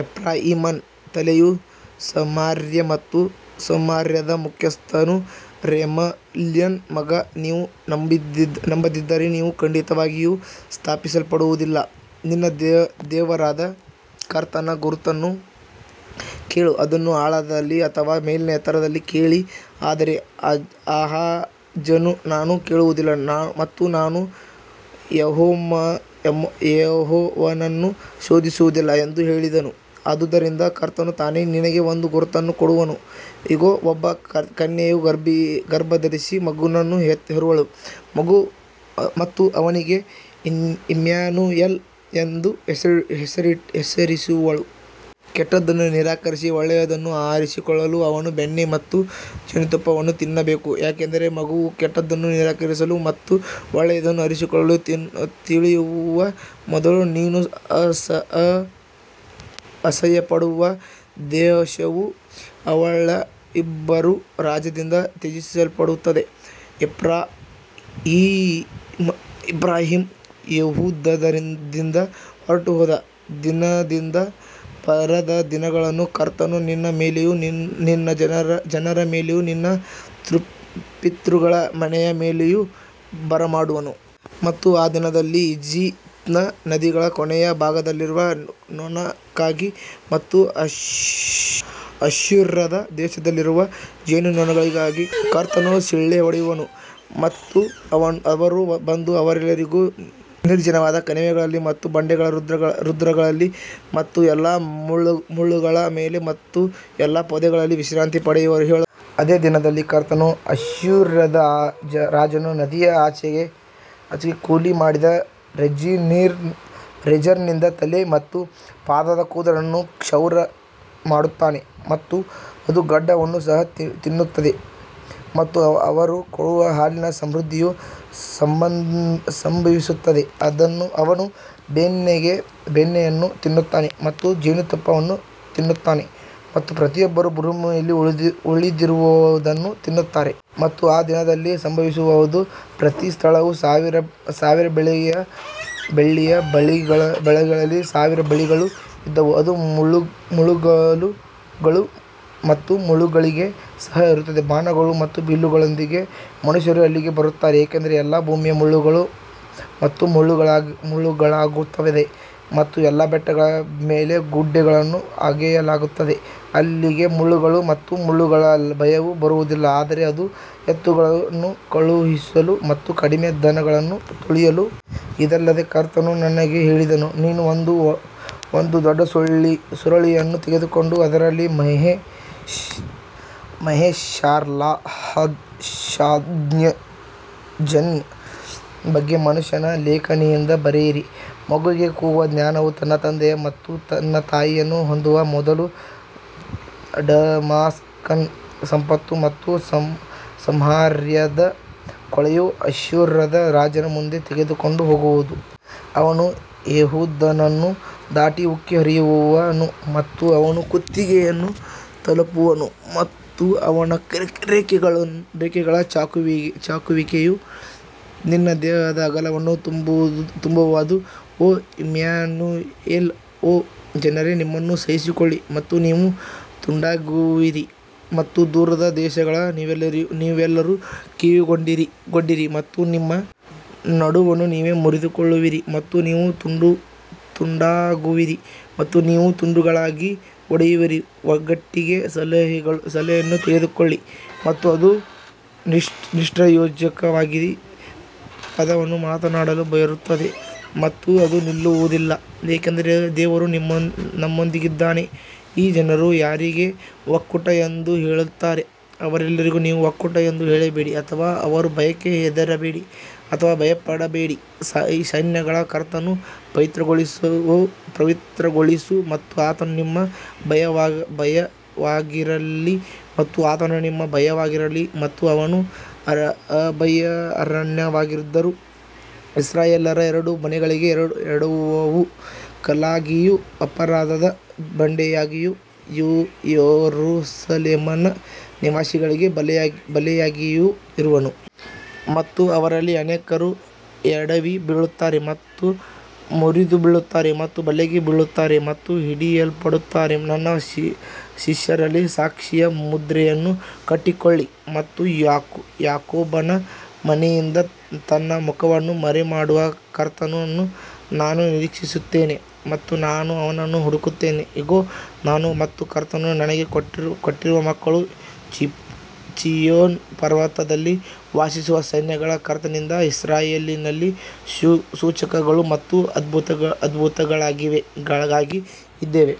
ಎಫ್ರಾಯೀಮನ ತಲೆಯು ಸಮಾರ್ಯ ಮತ್ತು ಸಮಾರ್ಯದ ಮುಖ್ಯಸ್ಥನು ರೆಮಲ್ಯನ ಮಗ, ನೀವು ನಂಬದಿದ್ದರೆ ನೀವು ಖಂಡಿತವಾಗಿಯೂ ಸ್ಥಾಪಿಸಲ್ಪಡುವುದಿಲ್ಲ. ನಿನ್ನ ದೇವರಾದ ಕರ್ತನ ಗುರುತನ್ನು ಕೇಳು, ಅದನ್ನು ಆಳದಲ್ಲಿ ಅಥವಾ ಮೇಲಿನ ಎತ್ತರದಲ್ಲಿ ಕೇಳಿ ಆದರೆ ಆಹಾಜನು ನಾನು ಕೇಳುವುದಿಲ್ಲ ಮತ್ತು ನಾನು ಯೆಹೋವನನ್ನು ಶೋಧಿಸುವುದಿಲ್ಲ ಎಂದು ಹೇಳಿದನು ಆದುದರಿಂದ ಕರ್ತನು ತಾನೇ ನಿನಗೆ ಒಂದು ಗುರುತನ್ನು ಕೊಡುವನು, ಇಗೋ, ಒಬ್ಬ ಕನ್ಯೆಯು ಗರ್ಭಧರಿಸಿ ಮಗನನ್ನು ಹೆರುವಳು ಮತ್ತು ಅವನಿಗೆ ಇಮ್ಯಾನುಯೆಲ್ ಎಂದು ಹೆಸರಿಸುವಳು. ಕೆಟ್ಟದ್ದನ್ನು ನಿರಾಕರಿಸಿ ಒಳ್ಳೆಯದನ್ನು ಆರಿಸಿಕೊಳ್ಳಲು ಅವನು ಬೆಣ್ಣೆ ಮತ್ತು ಜೇನುತುಪ್ಪವನ್ನು ತಿನ್ನಬೇಕು ಯಾಕಂದರೆ ಮಗುವು ಕೆಟ್ಟದ್ದನ್ನು ನಿರಾಕರಿಸಲು ಮತ್ತು ಒಳ್ಳೆಯದನ್ನು ಆರಿಸಿಕೊಳ್ಳಲು ತಿಳಿಯುವ ಮೊದಲು ನೀನು ಅಸಹ್ಯಪಡುವ ದೇಶವು ಅವಳ ಇಬ್ಬರೂ ರಾಜರಿಂದ ತ್ಯಜಿಸಲ್ಪಡುತ್ತದೆ. ಎಫ್ರಾಯೀಮ್ ಯೆಹೂದದಿಂದ ಹೊರಟುಹೋದ ದಿನದಿಂದ ಬರದ ದಿನಗಳನ್ನು ಕರ್ತನು ನಿನ್ನ ಮೇಲೆಯೂ ನಿನ್ನ ಜನರ ಮೇಲೆಯೂ ನಿನ್ನ ಪಿತೃಗಳ ಮನೆಯ ಮೇಲೆಯೂ ಬರಮಾಡುವನು. ಮತ್ತು ಆ ದಿನದಲ್ಲಿ ಈಜಿಪ್ಟಿನ ನದಿಗಳ ಕೊನೆಯ ಭಾಗದಲ್ಲಿರುವ ನೊಣಕ್ಕಾಗಿ ಮತ್ತು ಅಶ್ಶೂರದ ದೇಶದಲ್ಲಿರುವ ಜೇನುನೊಣಗಳಿಗಾಗಿ ಕರ್ತನು ಸಿಳ್ಳೆ ಹೊಡೆಯುವನು. ಮತ್ತು ಅವರು ಬಂದು ಅವರೆಲ್ಲರೂ ನಿರ್ಜನವಾದ ಕಣಿವೆಗಳಲ್ಲಿ ಮತ್ತು ಬಂಡೆಗಳ ರಂಧ್ರಗಳಲ್ಲಿ ಮತ್ತು ಎಲ್ಲಾ ಮುಳ್ಳುಗಳ ಮೇಲೆ ಮತ್ತು ಎಲ್ಲಾ ಪೊದೆಗಳಲ್ಲಿ ವಿಶ್ರಾಂತಿ ಪಡೆಯುವರು. ಅದೇ ದಿನದಲ್ಲಿ ಕರ್ತನು ಅಶ್ಶೂರದ ರಾಜನು ನದಿಯ ಆಚೆಗೆ ಕೂಲಿಮಾಡಿದ ರೇಜರ್ನಿಂದ ತಲೆ ಮತ್ತು ಪಾದದ ಕೂದಲನ್ನು ಕ್ಷೌರ ಮಾಡುತ್ತಾನೆ ಮತ್ತು ಅದು ಗಡ್ಡವನ್ನು ಸಹ ತಿನ್ನುತ್ತದೆ. ಮತ್ತು ಅವರು ಕೊಡುವ ಹಾಲಿನ ಸಮೃದ್ಧಿಯು ಸಂಭವಿಸುತ್ತದೆ, ಅವನು ಬೆಣ್ಣೆಗೆ ಬೆಣ್ಣೆಯನ್ನು ತಿನ್ನುತ್ತಾನೆ ಮತ್ತು ಜೇನುತುಪ್ಪವನ್ನು ತಿನ್ನುತ್ತಾನೆ ಮತ್ತು ಪ್ರತಿಯೊಬ್ಬರೂ ಭೂಮಿಯಲ್ಲಿ ಉಳಿದಿರುವದನ್ನು ತಿನ್ನುತ್ತಾರೆ. ಮತ್ತು ಆ ದಿನದಲ್ಲಿ ಸಂಭವಿಸುವದು, ಪ್ರತಿ ಸ್ಥಳವು ಸಾವಿರ ಬೆಳ್ಳಿಯ ಬಳ್ಳಿಗಳಲ್ಲಿ ಸಾವಿರ ಬಳ್ಳಿಗಳು ಇದ್ದವು, ಅದು ಮುಳ್ಳುಗಳು ಮತ್ತು ಮುಳ್ಳುಗಳಿಗೆ ಸಹ ಇರುತ್ತದೆ. ಬಾಣಗಳು ಮತ್ತು ಬಿಲ್ಲುಗಳೊಂದಿಗೆ ಮನುಷ್ಯರು ಅಲ್ಲಿಗೆ ಬರುತ್ತಾರೆ ಏಕೆಂದರೆ ಎಲ್ಲಾ ಭೂಮಿ ಮುಳ್ಳುಗಳು ಮತ್ತು ಮುಳ್ಳುಗಳಾಗುತ್ತದೆ ಮತ್ತು ಎಲ್ಲಾ ಬೆಟ್ಟಗಳ ಮೇಲೆ ಗುಡ್ಡೆಗಳನ್ನು ಅಗೆಯಲಾಗುತ್ತದೆ, ಅಲ್ಲಿಗೆ ಮುಳ್ಳುಗಳು ಮತ್ತು ಮುಳ್ಳುಗಳ ಭಯವು ಬರುವುದಿಲ್ಲ, ಆದರೆ ಅದು ಎತ್ತುಗಳನ್ನು ಕಳುಹಿಸಲು ಮತ್ತು ಕಡಿಮೆ ದನಗಳನ್ನು ತುಳಿಯಲು. ಇದಲ್ಲದೆ ಕರ್ತನು ನನಗೆ ಹೇಳಿದನು, ನೀನು ಒಂದು ದೊಡ್ಡ ಸುರುಳಿಯನ್ನು ತೆಗೆದುಕೊಂಡು ಅದರಲ್ಲಿ ಮಹೇರ್ಶಾಲಾಲ್ಹಾಷ್ಬಾಜ್ನ ಬಗ್ಗೆ ಮನುಷ್ಯನ ಲೇಖನಿಯಿಂದ ಬರೆಯಿರಿ. ಮಗುವಿಗೆ ಕೂಗುವ ಜ್ಞಾನವು ನನ್ನ ತಂದೆ ಮತ್ತು ನನ್ನ ತಾಯಿಯನ್ನು ಹೊಂದುವ ಮೊದಲು ಡಮಾಸ್ಕಸ್ನ ಸಂಪತ್ತು ಮತ್ತು ಸಮಾರ್ಯದ ಕೊಳ್ಳೆಯು ಅಶ್ಶೂರದ ರಾಜನ ಮುಂದೆ ತೆಗೆದುಕೊಂಡು ಹೋಗುವುದು. ಅವನು ಯೆಹೂದವನ್ನು ದಾಟಿ ಉಕ್ಕಿ ಹರಿಯುವನು ಮತ್ತು ಅವನು ಕುತ್ತಿಗೆಯನ್ನು ತಲುಪುವನು ಮತ್ತು ಅವನ ರೆಕ್ಕೆಗಳ ಚಾಚುವಿಕೆಯು ನಿನ್ನ ದೇಶದ ಅಗಲವನ್ನು ತುಂಬುವದು ಓ ಇಮ್ಯಾನುಯೆಲ್ ಓ ಜನರೇ ನಿಮ್ಮನ್ನು ಸಹಿಸಿಕೊಳ್ಳಿ ಮತ್ತು ನೀವು ತುಂಡಾಗುವಿರಿ ಮತ್ತು ದೂರದ ದೇಶಗಳ ನೀವೆಲ್ಲರೂ ಕಿವಿಗೊಡಿರಿ ಮತ್ತು ನಿಮ್ಮ ನಡುವನ್ನು ನೀವೇ ಮುರಿದುಕೊಳ್ಳುವಿರಿ ಮತ್ತು ನೀವು ತುಂಡಾಗುವಿರಿ ಮತ್ತು ನೀವು ತುಂಡುಗಳಾಗಿ ಒಡೆಯುವಿರಿ ಒಟ್ಟಿಗೆ ಸಲಹೆಯನ್ನು ತೆಗೆದುಕೊಳ್ಳಿ ಮತ್ತು ಅದು ನಿಷ್ಪ್ರಯೋಜಕವಾಗಿ ಪದವನ್ನು ಮಾತನಾಡಲು ಬರುತ್ತದೆ ಮತ್ತು ಅದು ನಿಲ್ಲುವುದಿಲ್ಲ ಏಕೆಂದರೆ ದೇವರು ನಮ್ಮೊಂದಿಗಿದ್ದಾನೆ ಈ ಜನರು ಯಾರಿಗೆ ಒಕ್ಕೂಟ ಎಂದು ಹೇಳುತ್ತಾರೋ ಅವರೆಲ್ಲರಿಗೂ ನೀವು ಒಕ್ಕೂಟ ಎಂದು ಹೇಳಬೇಡಿ ಅಥವಾ ಅವರ ಭಯಕ್ಕೆ ಹೆದರಬೇಡಿ ಅಥವಾ ಭಯಪಡಬೇಡಿ ಸೈನ್ಯಗಳ ಕರ್ತನನ್ನು ಪವಿತ್ರಗೊಳಿಸು ಮತ್ತು ಆತನು ನಿಮ್ಮ ಭಯವಾಗಿರಲಿ ಮತ್ತು ಆತನು ನಿಮ್ಮ ಭಯವಾಗಿರಲಿ ಮತ್ತು ಅವನು ಅಭಯಾರಣ್ಯವಾಗಿದ್ದರೂ ಇಸ್ರಾಯೇಲ್ಯರ ಎರಡೂ ಮನೆಗಳಿಗೆ ಎಡವುವ ಕಲ್ಲಾಗಿಯೂ ಅಪರಾಧದ ಬಂಡೆಯಾಗಿಯೂ ಯೆರೂಸಲೇಮಿನ ನಿವಾಸಿಗಳಿಗೆ ಬಲೆಯಾಗಿಯೂ ಇರುವನು. ಮತ್ತು ಅವರಲ್ಲಿ ಅನೇಕರು ಎಡವಿ ಬೀಳುತ್ತಾರೆ ಮತ್ತು ಮುರಿದು ಬೀಳುತ್ತಾರೆ ಮತ್ತು ಬಲೆಗೆ ಬೀಳುತ್ತಾರೆ ಮತ್ತು ಹಿಡಿಯಲ್ಪಡುತ್ತಾರೆ ನನ್ನ ಶಿಷ್ಯರಲ್ಲಿ ಸಾಕ್ಷಿಯ ಮುದ್ರೆಯನ್ನು ಕಟ್ಟಿಕೊಳ್ಳಿ ಮತ್ತು ಯಾಕೋಬನ ಮನೆಯಿಂದ ತನ್ನ ಮುಖವನ್ನು ಮರೆಮಾಡುವ ಕರ್ತನನ್ನು ನಾನು ನಿರೀಕ್ಷಿಸುತ್ತೇನೆ ಮತ್ತು ನಾನು ಅವನನ್ನು ಹುಡುಕುತ್ತೇನೆ. ಇಗೋ, ನಾನು ಮತ್ತು ಕರ್ತನು ನನಗೆ ಕೊಟ್ಟಿರುವ ಮಕ್ಕಳು ಚೀಯೋನ್ ಪರ್ವತದಲ್ಲಿ ವಾಸಿಸುವ ಸೈನ್ಯಗಳ ಕರ್ತನಿಂದ ಇಸ್ರಾಯೇಲಿನಲ್ಲಿ ಸೂಚಕಗಳು ಮತ್ತು ಅದ್ಭುತಗಳಿಗಾಗಿ ಇದ್ದೇವೆ.